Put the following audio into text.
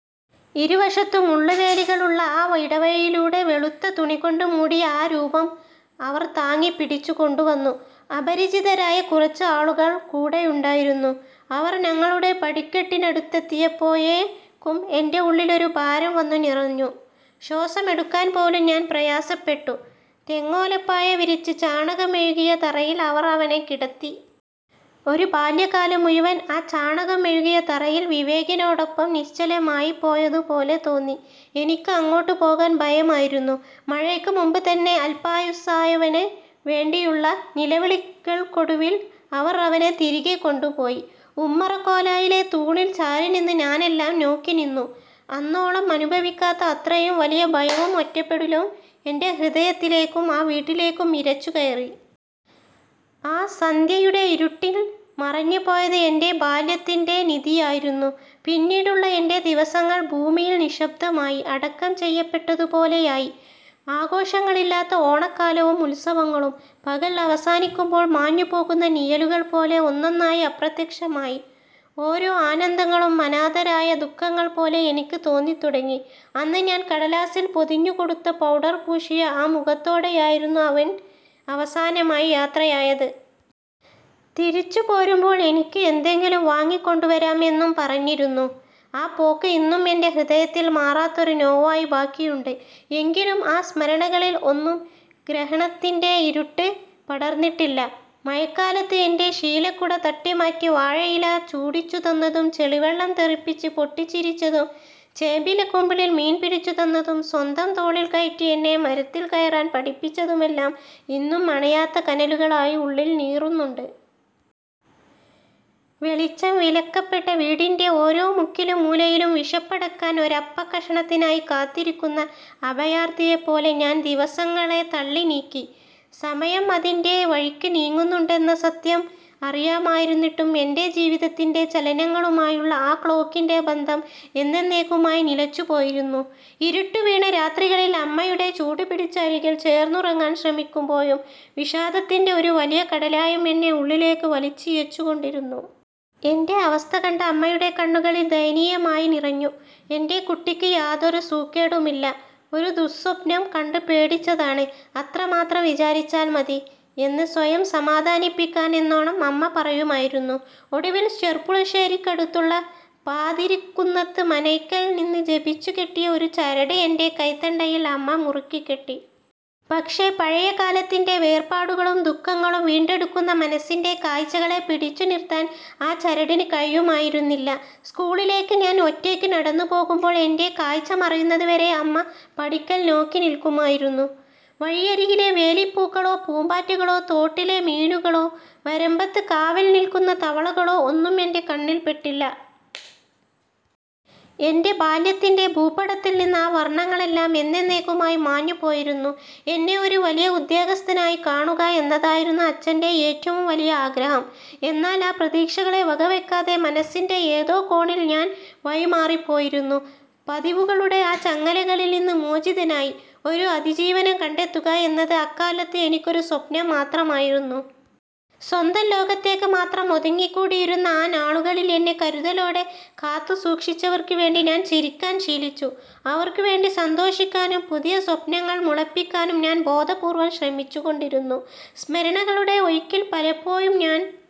ഇരുവശത്തും മുള്ളുവേലികളുള്ള ആ ഇടവഴിയിലൂടെ, വെളുത്ത തുണികൊണ്ട് മൂടിയ ആ രൂപം അവർ താങ്ങിപ്പിടിച്ചു കൊണ്ടുവന്നു. അപരിചിതരായ കുറച്ച് ആളുകൾ കൂടെയുണ്ടായിരുന്നു. അവർ ഞങ്ങളുടെ പടിക്കെട്ടിനടുത്തെത്തിയപ്പോഴേക്കും എന്റെ ഉള്ളിലൊരു ഭാരം വന്നു നിറഞ്ഞു. ശ്വാസമെടുക്കാൻ പോലും ഞാൻ പ്രയാസപ്പെട്ടു. തെങ്ങോലപ്പായ വിരിച്ച്, ചാണകം മെഴുകിയ തറയിൽ അവർ അവനെ കിടത്തി. ഒരു ബാല്യകാലം മുഴുവൻ ആ ചാണകം മെഴുകിയ തറയിൽ വിവേകിനോടൊപ്പം നിശ്ചലമായിപ്പോയതുപോലെ തോന്നി. എനിക്ക് അങ്ങോട്ട് പോകാൻ ഭയമായിരുന്നു. മഴയ്ക്ക് മുമ്പ് തന്നെ അൽപായുസ്സായവന് വേണ്ടിയുള്ള നിലവിളികൾക്കൊടുവിൽ അവർ അവനെ തിരികെ കൊണ്ടുപോയി. ഉമ്മറക്കോലായിലെ തൂണിൽ ചാരിനിന്ന് ഞാനെല്ലാം നോക്കി നിന്നു. അന്നോളം അനുഭവിക്കാത്ത അത്രയും വലിയ ഭയവും ഒറ്റപ്പെടലും എന്റെ ഹൃദയത്തിലേക്കും ആ വീട്ടിലേക്കും ഇരച്ചുകയറി. ആ സന്ധ്യയുടെ ഇരുട്ടിൽ മറഞ്ഞുപോയത് എന്റെ ബാല്യത്തിന്റെ നിധിയായിരുന്നു. പിന്നീടുള്ള എന്റെ ദിവസങ്ങൾ ഭൂമിയിൽ നിശ്ശബ്ദമായി അടക്കം ചെയ്യപ്പെട്ടതുപോലെയായി. ആഘോഷങ്ങളില്ലാത്ത ഓണക്കാലങ്ങളും ഉത്സവങ്ങളും പകൽ അവസാനിക്കുമ്പോൾ മാഞ്ഞുപോകുന്ന നിഴലുകൾ പോലെ ഒന്നൊന്നായി അപ്രത്യക്ഷമായി. ഓരോ ആനന്ദങ്ങളും അനാഥരായ ദുഃഖങ്ങൾ പോലെ എനിക്ക് തോന്നിത്തുടങ്ങി. അന്ന് ഞാൻ കടലാസിൽ പൊതിഞ്ഞു കൊടുത്ത പൗഡർ പൂശിയ ആ മുഖത്തോടെയായിരുന്നു അവൻ അവസാനമായി യാത്രയായത്. തിരിച്ച് പോരുമ്പോൾ എനിക്ക് എന്തെങ്കിലും വാങ്ങി കൊണ്ടുവരാം എന്നും പറഞ്ഞിരുന്നു. ആ പോക്ക് ഇന്നും എന്റെ ഹൃദയത്തിൽ മാറാത്തൊരു നോവായി ബാക്കിയുണ്ട്. എങ്കിലും ആ സ്മരണകളിൽ ഒന്നും ഗ്രഹണത്തിന്റെ ഇരുട്ട് പടർന്നിട്ടില്ല. മഴക്കാലത്ത് എന്റെ ശീലക്കുട തട്ടിമാറ്റി വാഴയില ചൂടിച്ചു തന്നതും, ചെളിവെള്ളം തെറിപ്പിച്ച് പൊട്ടിച്ചിരിച്ചതും, ചേമ്പില കുമ്പിളിൽ മീൻ പിടിച്ചു തന്നതും, സ്വന്തം തോളിൽ കയറ്റി എന്നെ മരത്തിൽ കയറാൻ പഠിപ്പിച്ചതുമെല്ലാം ഇന്നും അണയാത്ത കനലുകളായി ഉള്ളിൽ നീറുന്നുണ്ട്. വെളിച്ചം വിലക്കപ്പെട്ട വീടിന്റെ ഓരോ മുക്കിലും മൂലയിലും, വിശപ്പടക്കാൻ ഒരപ്പക്കഷണത്തിനായി കാത്തിരിക്കുന്ന അഭയാർത്ഥിയെപ്പോലെ ഞാൻ ദിവസങ്ങളെ തള്ളിനീക്കി. സമയം അതിന്റെ വഴിക്ക് നീങ്ങുന്നുണ്ടെന്ന സത്യം അറിയാമായിരുന്നിട്ടും, എന്റെ ജീവിതത്തിന്റെ ചലനങ്ങളുമായുള്ള ആ ക്ലോക്കിന്റെ ബന്ധം എന്നെന്നേക്കുമായി നിലച്ചുപോയിരുന്നു. ഇരുട്ടു വീണ രാത്രികളിൽ അമ്മയുടെ ചൂടുപിടിച്ച അരികിൽ ചേർന്നുറങ്ങാൻ ശ്രമിക്കുമ്പോഴും, വിഷാദത്തിന്റെ ഒരു വലിയ കടലാഴം എന്നെ ഉള്ളിലേക്ക് വലിച്ചിഴച്ചുകൊണ്ടിരുന്നു. എന്റെ അവസ്ഥ കണ്ട് അമ്മയുടെ കണ്ണുകളിൽ ദയനീയമായി നിറഞ്ഞു. "എന്റെ കുട്ടിക്ക് യാതൊരു സൂക്കേടുമില്ല... ഒരു ദുഃസ്വപ്നം കണ്ട് പേടിച്ചതാണ്, അത്രമാത്രം വിചാരിച്ചാൽ മതി," എന്ന് സ്വയം സമാധാനിപ്പിക്കാനെന്നോണം അമ്മ പറയുമായിരുന്നു. ഒടുവിൽ ചെർപ്പുളശ്ശേരിക്കടുത്തുള്ള പാതിരിക്കുന്നത്ത് മനയ്ക്കൽ നിന്ന് ജപിച്ചുകെട്ടിയ ഒരു ചരട് എന്റെ കൈത്തണ്ടയിൽ അമ്മ മുറുക്കിക്കെട്ടി. പക്ഷേ, പഴയകാലത്തിന്റെ വേർപാടുകളും ദുഃഖങ്ങളും വീണ്ടെടുക്കുന്ന മനസ്സിന്റെ കാഴ്ചകളെ പിടിച്ചുനിർത്താൻ ആ ചരടിന് കഴിയുമായിരുന്നില്ല. സ്കൂളിലേക്ക് ഞാൻ ഒറ്റയ്ക്ക് നടന്നുപോകുമ്പോൾ, എന്റെ കാഴ്ച മറയുന്നത് വരെ അമ്മ പടിക്കൽ നോക്കി നിൽക്കുമായിരുന്നു. വഴിയരികിലെ വേലിപ്പൂക്കളോ, പൂമ്പാറ്റകളോ, തോട്ടിലെ മീനുകളോ, വരമ്പത്ത് കാവൽ നിൽക്കുന്ന തവളകളോ ഒന്നും എന്റെ കണ്ണിൽ പെട്ടില്ല. എന്റെ ബാല്യത്തിന്റെ ഭൂപടത്തിൽ നിന്ന് ആ വർണ്ണങ്ങളെല്ലാം എന്നെന്നേക്കുമായി മാഞ്ഞുപോയിരുന്നു. എന്നെ ഒരു വലിയ ഉദ്യോഗസ്ഥനായി കാണുക എന്നതായിരുന്നു അച്ഛന്റെ ഏറ്റവും വലിയ ആഗ്രഹം. എന്നാൽ ആ പ്രതീക്ഷകളെ വകവെക്കാതെ, മനസ്സിന്റെ ഏതോ കോണിൽ ഞാൻ വഴിമാറിപ്പോയിരുന്നു. പതിവുകളുടെ ആ ചങ്ങലകളിൽ നിന്ന് മോചിതനായി ഒരു അതിജീവനം കണ്ടെത്തുക എന്നത് അക്കാലത്ത് എനിക്കൊരു സ്വപ്നം മാത്രമായിരുന്നു. സ്വന്തം ലോകത്തേക്ക് മാത്രം ഒതുങ്ങിക്കൂടിയിരുന്ന ആ നാളുകളിൽ, എന്നെ കരുതലോടെ കാത്തുസൂക്ഷിച്ചവർക്ക് വേണ്ടി ഞാൻ ചിരിക്കാൻ ശീലിച്ചു. അവർക്ക് വേണ്ടി സന്തോഷിക്കാനും പുതിയ സ്വപ്നങ്ങൾ മുളപ്പിക്കാനും ഞാൻ ബോധപൂർവ്വം ശ്രമിച്ചു കൊണ്ടിരുന്നു. സ്മരണകളുടെ ഒഴുക്കിൽ പലപ്പോഴും ഞാൻ